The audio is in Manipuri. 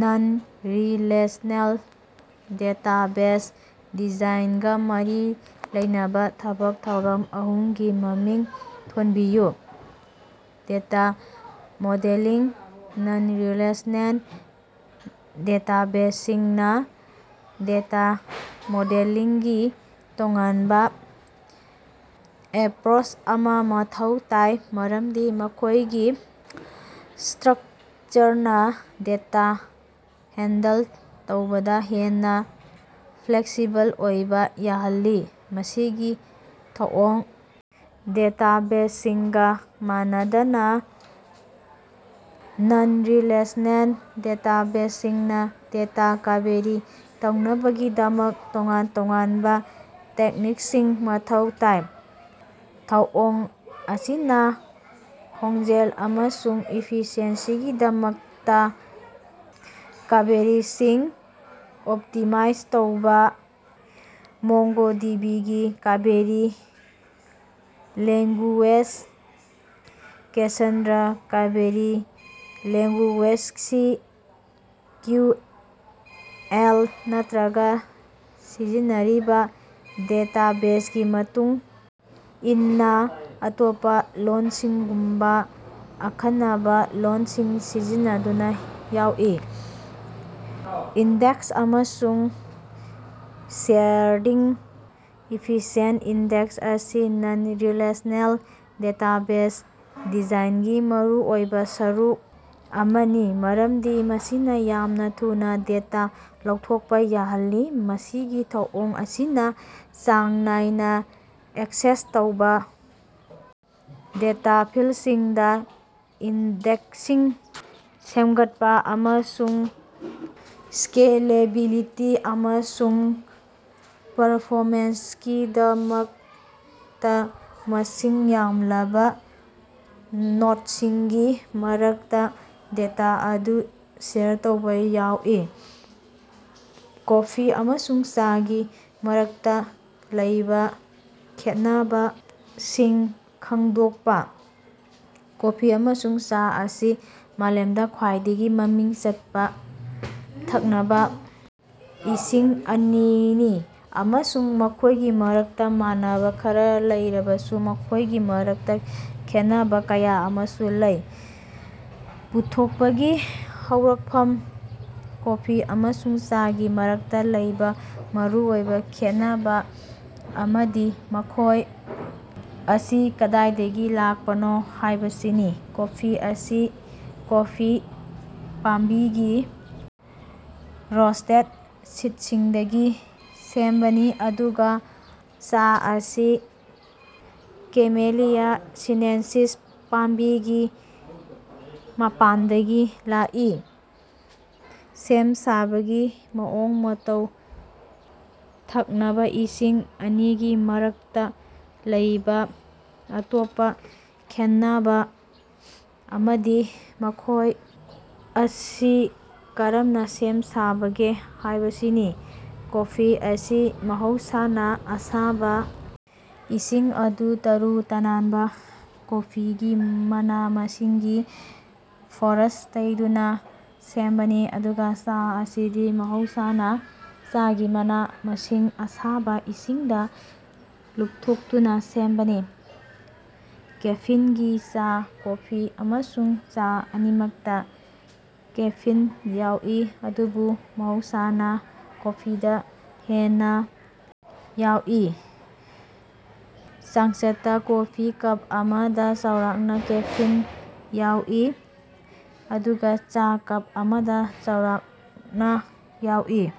ꯅꯟꯔꯤꯂꯦꯁꯅꯦꯜ ꯗꯦꯇꯥꯕꯦꯖ ꯗꯤꯖꯥꯏꯟꯒ ꯃꯔꯤ ꯂꯩꯅꯕ ꯊꯕꯛ ꯊꯧꯔꯝ ꯑꯍꯨꯝꯒꯤ ꯃꯃꯤꯡ ꯊꯣꯟꯕꯤꯌꯨ꯫ ꯗꯦꯇ ꯃꯣꯗꯦꯂꯤꯡ ꯅꯟꯔꯤꯂꯦꯁꯅꯦꯜ ꯗꯦꯇꯥꯕꯦꯖꯁꯤꯡꯅ ꯗꯦꯇ ꯃꯣꯗꯦꯂꯤꯡꯒꯤ ꯇꯣꯉꯥꯟꯕ ꯑꯦꯄꯔꯣꯁ ꯑꯃ ꯃꯊꯧ ꯇꯥꯏ ꯃꯔꯝꯗꯤ ꯃꯈꯣꯏꯒꯤ ꯁꯇꯔꯛꯆꯔꯅ ꯗꯦꯇ ꯍꯦꯟꯗꯜ ꯇꯧꯕꯗ ꯍꯦꯟꯅ ꯐꯂꯦꯛꯁꯤꯕꯜ ꯑꯣꯏꯕ ꯌꯥꯍꯜꯂꯤ꯫ ꯃꯁꯤꯒꯤ ꯊꯧꯑꯣꯡ ꯗꯦꯇꯥꯕꯦꯖꯁꯤꯡꯒ ꯃꯥꯟꯅꯗꯅ ꯅꯟꯔꯤꯂꯦꯁꯅꯦꯜ ꯗꯦꯇꯥꯕꯦꯖꯁꯤꯡꯅ ꯗꯦꯇ ꯀꯕꯦꯔꯤ ꯇꯧꯅꯕꯒꯤꯗꯃꯛ ꯇꯣꯉꯥꯟ ꯇꯣꯉꯥꯅꯕ ꯇꯦꯛꯅꯤꯛꯁꯤꯡ ꯃꯊꯧ ꯇꯥꯏ꯫ ꯊꯧꯑꯣꯡ ꯑꯁꯤꯅ ꯈꯣꯡꯖꯦꯜ ꯑꯃꯁꯨꯡ ꯏꯐꯤꯁꯤꯑꯦꯟꯁꯤꯒꯤꯗꯃꯛꯇ ꯀꯕꯦꯔꯤꯁꯤꯡ ꯑꯣꯞꯇꯤꯃꯥꯏꯖ ꯇꯧꯕ ꯃꯣꯡꯒꯣꯗꯤꯕꯤꯒꯤ query language Cassandra query language C Q L ꯅꯠꯇ꯭ꯔꯒ ꯁꯤꯖꯤꯟꯅꯔꯤꯕ ꯗꯦꯇꯥꯕꯦꯖꯒꯤ ꯃꯇꯨꯡ ꯏꯟꯅ ꯑꯇꯣꯞꯄ ꯂꯣꯟꯁꯤꯡꯒꯨꯝꯕ ꯑꯈꯟꯅꯕ ꯂꯣꯟꯁꯤꯡ ꯁꯤꯖꯤꯟꯅꯗꯨꯅ ꯌꯥꯎꯏ꯫ ꯏꯟꯗꯦꯛꯁ ꯑꯃꯁꯨꯡ ꯁꯦꯌꯔꯗꯤꯡ ꯏꯐꯤꯁꯤꯑꯦꯟ ꯏꯟꯗꯦꯛꯁ ꯑꯁꯤ ꯅꯟꯔꯤꯂꯦꯁꯅꯦꯜ ꯗꯦꯇꯥꯕꯦꯖ ꯗꯤꯖꯥꯏꯟꯒꯤ ꯃꯔꯨꯑꯣꯏꯕ ꯁꯔꯨꯛ ꯑꯃꯅꯤ ꯃꯔꯝꯗꯤ ꯃꯁꯤꯅ ꯌꯥꯝꯅ ꯊꯨꯅ ꯗꯦꯇ ꯂꯧꯊꯣꯛꯄ ꯌꯥꯍꯜꯂꯤ꯫ ꯃꯁꯤꯒꯤ ꯊꯧꯑꯣꯡ ꯑꯁꯤꯅ ꯆꯥꯡ ꯅꯥꯏꯅ ꯑꯦꯛꯁꯦꯁ ꯇꯧꯕ ꯗꯦꯇ ꯐꯤꯜꯁꯤꯡꯗ ꯏꯟꯗꯦꯛꯁꯤꯡ ꯁꯦꯝꯒꯠꯄ ꯑꯃꯁꯨꯡ ꯁꯀꯦꯂꯦꯕꯤꯂꯤꯇꯤ ꯑꯃꯁꯨꯡ ꯄꯔꯐꯣꯃꯦꯟꯁꯀꯤꯗꯃꯛꯇ ꯃꯁꯤꯡ ꯌꯥꯝꯂꯕ ꯅꯣꯠꯁꯤꯡꯒꯤ ꯃꯔꯛꯇ ꯗꯦꯇ ꯑꯗꯨ ꯁꯦꯌꯔ ꯇꯧꯕ ꯌꯥꯎꯏ꯫ ꯀꯣꯐꯤ ꯑꯃꯁꯨꯡ ꯆꯥꯒꯤ ꯃꯔꯛꯇ ꯂꯩꯕ ꯈꯦꯠꯅꯕꯁꯤꯡ ꯈꯪꯗꯣꯛꯄ꯫ ꯀꯣꯐꯤ ꯑꯃꯁꯨꯡ ꯆꯥ ꯑꯁꯤ ꯃꯥꯂꯦꯝꯗ ꯈ꯭ꯋꯥꯏꯗꯒꯤ ꯃꯃꯤꯡ ꯆꯠꯄ ꯊꯛꯅꯕ ꯏꯁꯤꯡ ꯑꯅꯤꯅꯤ ꯑꯃꯁꯨꯡ ꯃꯈꯣꯏꯒꯤ ꯃꯔꯛꯇ ꯃꯥꯟꯅꯕ ꯈꯔ ꯂꯩꯔꯕꯁꯨ ꯃꯈꯣꯏꯒꯤ ꯃꯔꯛꯇ ꯈꯦꯠꯅꯕ ꯀꯌꯥ ꯑꯃꯁꯨ ꯂꯩ꯫ ꯄꯨꯊꯣꯛꯄꯒꯤ ꯍꯧꯔꯛꯐꯝ ꯀꯣꯐꯤ ꯑꯃꯁꯨꯡ ꯆꯥꯒꯤ ꯃꯔꯛꯇ ꯂꯩꯕ ꯃꯔꯨꯑꯣꯏꯕ ꯈꯦꯠꯅꯕ ꯑꯃꯗꯤ ꯃꯈꯣꯏ ꯑꯁꯤ ꯀꯗꯥꯏꯗꯒꯤ ꯂꯥꯛꯄꯅꯣ ꯍꯥꯏꯕꯁꯤꯅꯤ꯫ ꯀꯣꯐꯤ ꯑꯁꯤ ꯀꯣꯐꯤ ꯄꯥꯝꯕꯤꯒꯤ ꯔꯣꯁꯇꯦꯠ ꯁꯤꯠꯁꯤꯡꯗꯒꯤ ꯁꯦꯝꯕꯅꯤ ꯑꯗꯨꯒ ꯆꯥ ꯑꯁꯤ ꯀꯦꯃꯦꯂꯤꯌꯥ ꯁꯤꯅꯦꯟꯁꯤꯁ ꯄꯥꯝꯕꯤꯒꯤ ꯃꯄꯥꯟꯗꯒꯤ ꯂꯥꯛꯏ꯫ ꯁꯦꯝ ꯁꯥꯕꯒꯤ ꯃꯑꯣꯡ ꯃꯇꯧ ꯊꯛꯅꯕ ꯏꯁꯤꯡ ꯑꯅꯤꯒꯤ ꯃꯔꯛꯇ ꯂꯩꯕ ꯑꯇꯣꯞꯄ ꯈꯦꯟꯅꯕ ꯑꯃꯗꯤ ꯃꯈꯣꯏ ꯑꯁꯤ ꯀꯔꯝꯅ ꯁꯦꯝ ꯁꯥꯕꯒꯦ ꯍꯥꯏꯕꯁꯤꯅꯤ꯫ ꯀꯣꯐꯤ ꯑꯁꯤ ꯃꯍꯧꯁꯥꯅ ꯑꯁꯥꯕ ꯏꯁꯤꯡ ꯑꯗꯨ ꯇꯔꯨ ꯇꯅꯥꯟꯕ ꯀꯣꯐꯤꯒꯤ ꯃꯅꯥ ꯃꯁꯤꯡꯒꯤ ꯐꯣꯔꯁ ꯇꯧꯗꯨꯅ ꯁꯦꯝꯕꯅꯤ ꯑꯗꯨꯒ ꯆꯥ ꯑꯁꯤꯗꯤ ꯃꯍꯧꯁꯥꯅ ꯆꯥꯒꯤ ꯃꯅꯥ ꯃꯁꯤꯡ ꯑꯁꯥꯕ ꯏꯁꯤꯡꯗ ꯂꯨꯞꯊꯣꯛꯇꯨꯅ ꯁꯦꯝꯕꯅꯤ꯫ ꯀꯦꯐꯤꯟꯒꯤ ꯆꯥꯡ ꯀꯣꯐꯤ ꯑꯃꯁꯨꯡ ꯆꯥ ꯑꯅꯤꯃꯛꯇ ꯀꯦꯐꯤꯟ ꯌꯥꯎꯏ ꯑꯗꯨꯕꯨ ꯃꯍꯧꯁꯥꯅ ꯀꯣꯐꯤꯗ ꯍꯦꯟꯅ ꯌꯥꯎꯏ꯫ ꯆꯥꯡꯆꯠꯇ ꯀꯣꯐꯤ ꯀꯞ ꯑꯃꯗ ꯆꯥꯎꯔꯥꯛꯅ ꯀꯦꯐꯤꯟ ꯌꯥꯎꯏ ꯑꯗꯨꯒ ꯆꯥ ꯀꯞ ꯑꯃꯗ ꯆꯥꯎꯔꯥꯛꯅ ꯌꯥꯎꯏ꯫